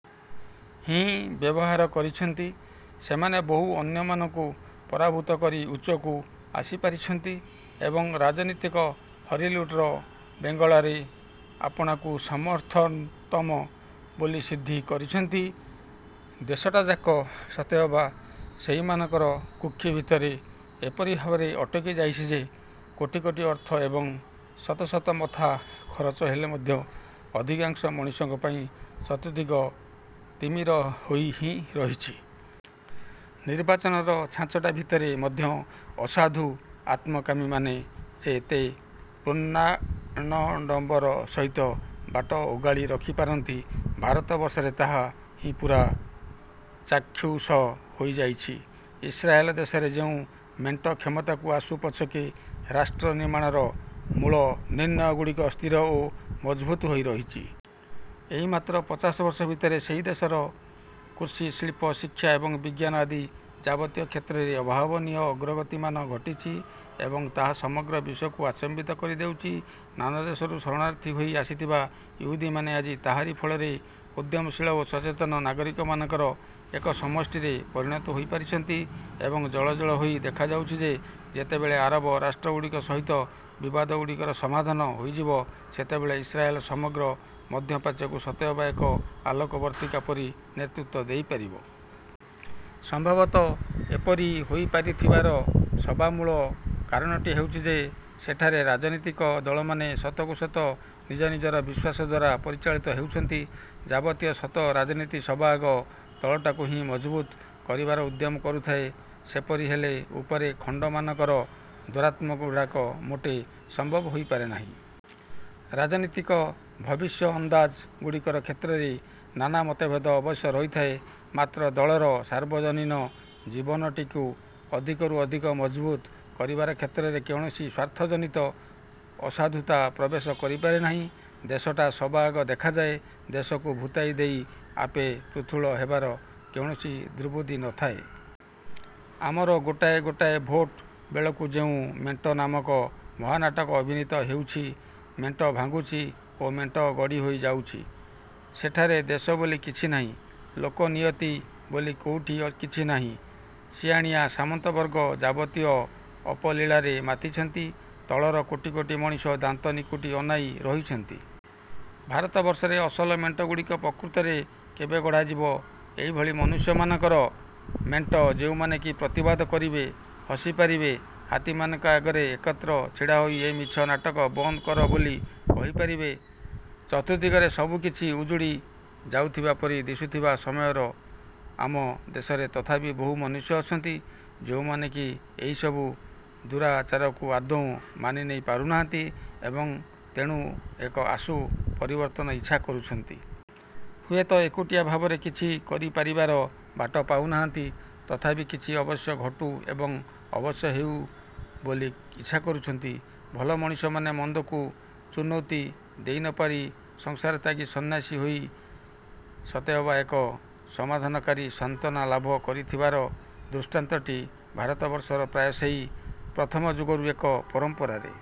ହିଁ ବ୍ୟବହାର କରିଛନ୍ତି, ସେମାନେ ବହୁ ଅନ୍ୟମାନଙ୍କୁ ପରାଭୂତ କରି ଉଚ୍ଚକୁ ଆସିପାରିଛନ୍ତି, ଏବଂ ରାଜନୀତିକ ହରିଲୁଟର ବେଙ୍ଗଳାରେ ଆପଣାକୁ ସମର୍ଥତମ ବୋଲି ସିଦ୍ଧ କରିଛନ୍ତି। ଦେଶଟାଯାକ ସତେଅବା ସେହିମାନଙ୍କର କୁକ୍ଷି ଭିତରେ ଏପରି ଭାବରେ ଅଟକି ଯାଇଛି ଯେ, କୋଟି କୋଟି ଅର୍ଥ ଏବଂ ଶତ ଶତ ମଥା ଖରଚ ହେଲେ ମଧ୍ୟ ଅଧିକାଂଶ ମଣିଷଙ୍କ ପାଇଁ ଚତୁର୍ଦ୍ଦିଗ ତିମିର ହୋଇ ହିଁ ରହିଛି। ନିର୍ବାଚନର ଛାଞ୍ଚଟା ଭିତରେ ମଧ୍ୟ ଅସାଧୁ ଆତ୍ମକାମୀମାନେ ଯେ ଏତେ ପୂର୍ଣ୍ଣାଡ଼ମ୍ବର ସହିତ ବାଟ ଓଗାଳି ରଖିପାରନ୍ତି, ଭାରତବର୍ଷରେ ତାହା ହିଁ ପୂରା ଚାକ୍ଷୁଷ ହୋଇଯାଇଛି। ଇସ୍ରାଏଲ ଦେଶରେ ଯେଉଁ ମେଣ୍ଟ କ୍ଷମତାକୁ ଆସୁ ପଛକେ, ରାଷ୍ଟ୍ରନିର୍ମାଣର ମୂଳ ନିର୍ଣ୍ଣୟଗୁଡ଼ିକ ସ୍ଥିର ଓ ମଜବୁତ ହୋଇ ରହିଛି। ଏହି ମାତ୍ର ପଚାଶ ବର୍ଷ ଭିତରେ ସେହି ଦେଶର କୃଷି, ଶିଳ୍ପ, ଶିକ୍ଷା ଏବଂ ବିଜ୍ଞାନ ଆଦି ଯାବତୀୟ କ୍ଷେତ୍ରରେ ଅଭାବନୀୟ ଅଗ୍ରଗତିମାନ ଘଟିଛି ଏବଂ ତାହା ସମଗ୍ର ବିଶ୍ୱକୁ ଆଚମ୍ବିତ କରିଦେଉଛି। ନାନା ଦେଶରୁ ଶରଣାର୍ଥୀ ହୋଇ ଆସିଥିବା ଇହୁଦୀମାନେ ଆଜି ତାହାରି ଫଳରେ ଉଦ୍ୟମଶୀଳ ଓ ସଚେତନ ନାଗରିକମାନଙ୍କର ଏକ ସମଷ୍ଟିରେ ପରିଣତ ହୋଇପାରିଛନ୍ତି ଏବଂ ଜଳ ଜଳ ହୋଇ ଦେଖାଯାଉଛି ଯେ, ଯେତେବେଳେ ଆରବ ରାଷ୍ଟ୍ରଗୁଡ଼ିକ ସହିତ ବିବାଦଗୁଡ଼ିକର ସମାଧାନ ହୋଇଯିବ, ସେତେବେଳେ ଇସ୍ରାଏଲ ସମଗ୍ର ମଧ୍ୟପ୍ରାଚ୍ୟକୁ ସତେଅବା ଏକ ଆଲୋକବର୍ତ୍ତିକା ପରି ନେତୃତ୍ୱ ଦେଇପାରିବ। ସମ୍ଭବତଃ ଏପରି ହୋଇପାରିଥିବାର ସବାମୂଳ କାରଣଟି ହେଉଛି ଯେ, ସେଠାରେ ରାଜନୀତିକ ଦଳମାନେ ସତକୁ ସତ ନିଜ ନିଜର ବିଶ୍ୱାସ ଦ୍ଵାରା ପରିଚାଳିତ ହେଉଛନ୍ତି। ଯାବତୀୟ ସତ ରାଜନୀତି ସବାଆଗ ତଳଟାକୁ ହିଁ ମଜବୁତ କରିବାର ଉଦ୍ୟମ କରୁଥାଏ। ସେପରି ହେଲେ ଉପରେ ଖଣ୍ଡମାନଙ୍କର ଦୌରାତ୍ମ୍ୟଗୁଡ଼ାକ ମୋଟେ ସମ୍ଭବ ହୋଇପାରେ ନାହିଁ। ରାଜନୀତିକ ଭବିଷ୍ୟଅନ୍ଦାଜ ଗୁଡ଼ିକର କ୍ଷେତ୍ରରେ ନାନା ମତଭେଦ ଅବଶ୍ୟ ରହିଥାଏ, ମାତ୍ର ଦଳର ସାର୍ବଜନୀନ ଜୀବନଟିକୁ ଅଧିକରୁ ଅଧିକ ମଜବୁତ କରିବାର କ୍ଷେତ୍ରରେ କୌଣସି ସ୍ଵାର୍ଥଜନିତ ଅସାଧୁତା ପ୍ରବେଶ କରିପାରେ ନାହିଁ। ଦେଶଟା ସବାଆଗ ଦେଖାଯାଏ,- ଦେଶକୁ ଭୂତାଇ ଦେଇ ଆପେ ପୃଥୁଳ ହେବାର କୌଣସି ଦୁର୍ବୁଦ୍ଧି ନଥାଏ। ଆମର ଗୋଟାଏ ଗୋଟାଏ ଭୋଟ ବେଳକୁ ଯେଉଁ ମେଣ୍ଟ ନାମକ ମହାନାଟକ ଅଭିନୀତ ହେଉଛି, ମେଣ୍ଟ ଭାଙ୍ଗୁଛି ଓ ମେଣ୍ଟ ଗଢ଼ିହୋଇ ଯାଉଛି, ସେଠାରେ ଦେଶ ବୋଲି କିଛି ନାହିଁ, ଲୋକନିୟତି ବୋଲି କୋଉଠି କିଛି ନାହିଁ! ସିଆଣିଆ ସାମନ୍ତବର୍ଗ ଯାବତୀୟ ଅପଲୀଳାରେ ମାତିଛନ୍ତି,- ତଳର କୋଟି କୋଟି ମଣିଷ ଦାନ୍ତ ନିକୁଟି ଅନାଇ ରହିଛନ୍ତି। ଭାରତବର୍ଷରେ ଅସଲ ମେଣ୍ଟଗୁଡ଼ିକ ପ୍ରକୃତରେ କେବେ ଗଢ଼ାଯିବ? ଏହିଭଳି ମନୁଷ୍ୟମାନଙ୍କର ମେଣ୍ଟ, ଯେଉଁମାନେ କି ପ୍ରତିବାଦ କରିବେ, ହସି ପାରିବେ, ହାତୀମାନଙ୍କ ଆଗରେ ଏକତ୍ର ଛିଡ଼ାହୋଇ ଏ ମିଛ ନାଟକ ବନ୍ଦ କର ବୋଲି କହିପାରିବେ। ଚତୁର୍ଦ୍ଦିଗରେ ସବୁ କିଛି ଉଜୁଡ଼ି ଯାଉଥିବା ପରି ଦିଶୁଥିବା ସମୟରେ ଆମ ଦେଶରେ ତଥାପି ବହୁ ମନୁଷ୍ୟ ଅଛନ୍ତି, ଯେଉଁମାନେ କି ଏହିସବୁ ଦୁରାଚାରକୁ ଆଦୌ ମାନିନେଇ ପାରୁନାହାନ୍ତି ଏବଂ ତେଣୁ ଏକ ଆଶୁ ପରିବର୍ତ୍ତନ ଇଚ୍ଛା କରୁଛନ୍ତି। ହୁଏତ ଏକୁଟିଆ ଭାବରେ କିଛି କରିପାରିବାର ବାଟ ପାଉନାହାନ୍ତି। ତଥାପି କିଛି ଅବଶ୍ୟ ଘଟୁ ଏବଂ ଅବଶ୍ୟ ହେଉ ବୋଲି ଇଚ୍ଛା କରୁଛନ୍ତି। ଭଲ ମଣିଷମାନେ ମନ୍ଦକୁ ଚୁନୌତି ଦେଇନପାରି ସଂସାରତ୍ୟାଗୀ ସନ୍ନ୍ୟାସୀ ହେଇ ସତେଅବା ଏକ ସମାଧାନକାରୀ ସାନ୍ତ୍ୱନା ଲାଭ କରିଥିବାର ଦୃଷ୍ଟାନ୍ତଟି ଭାରତବର୍ଷର ପ୍ରାୟ ସେହି ପ୍ରଥମ ଯୁଗରୁ ଏକ ପରମ୍ପରାରେ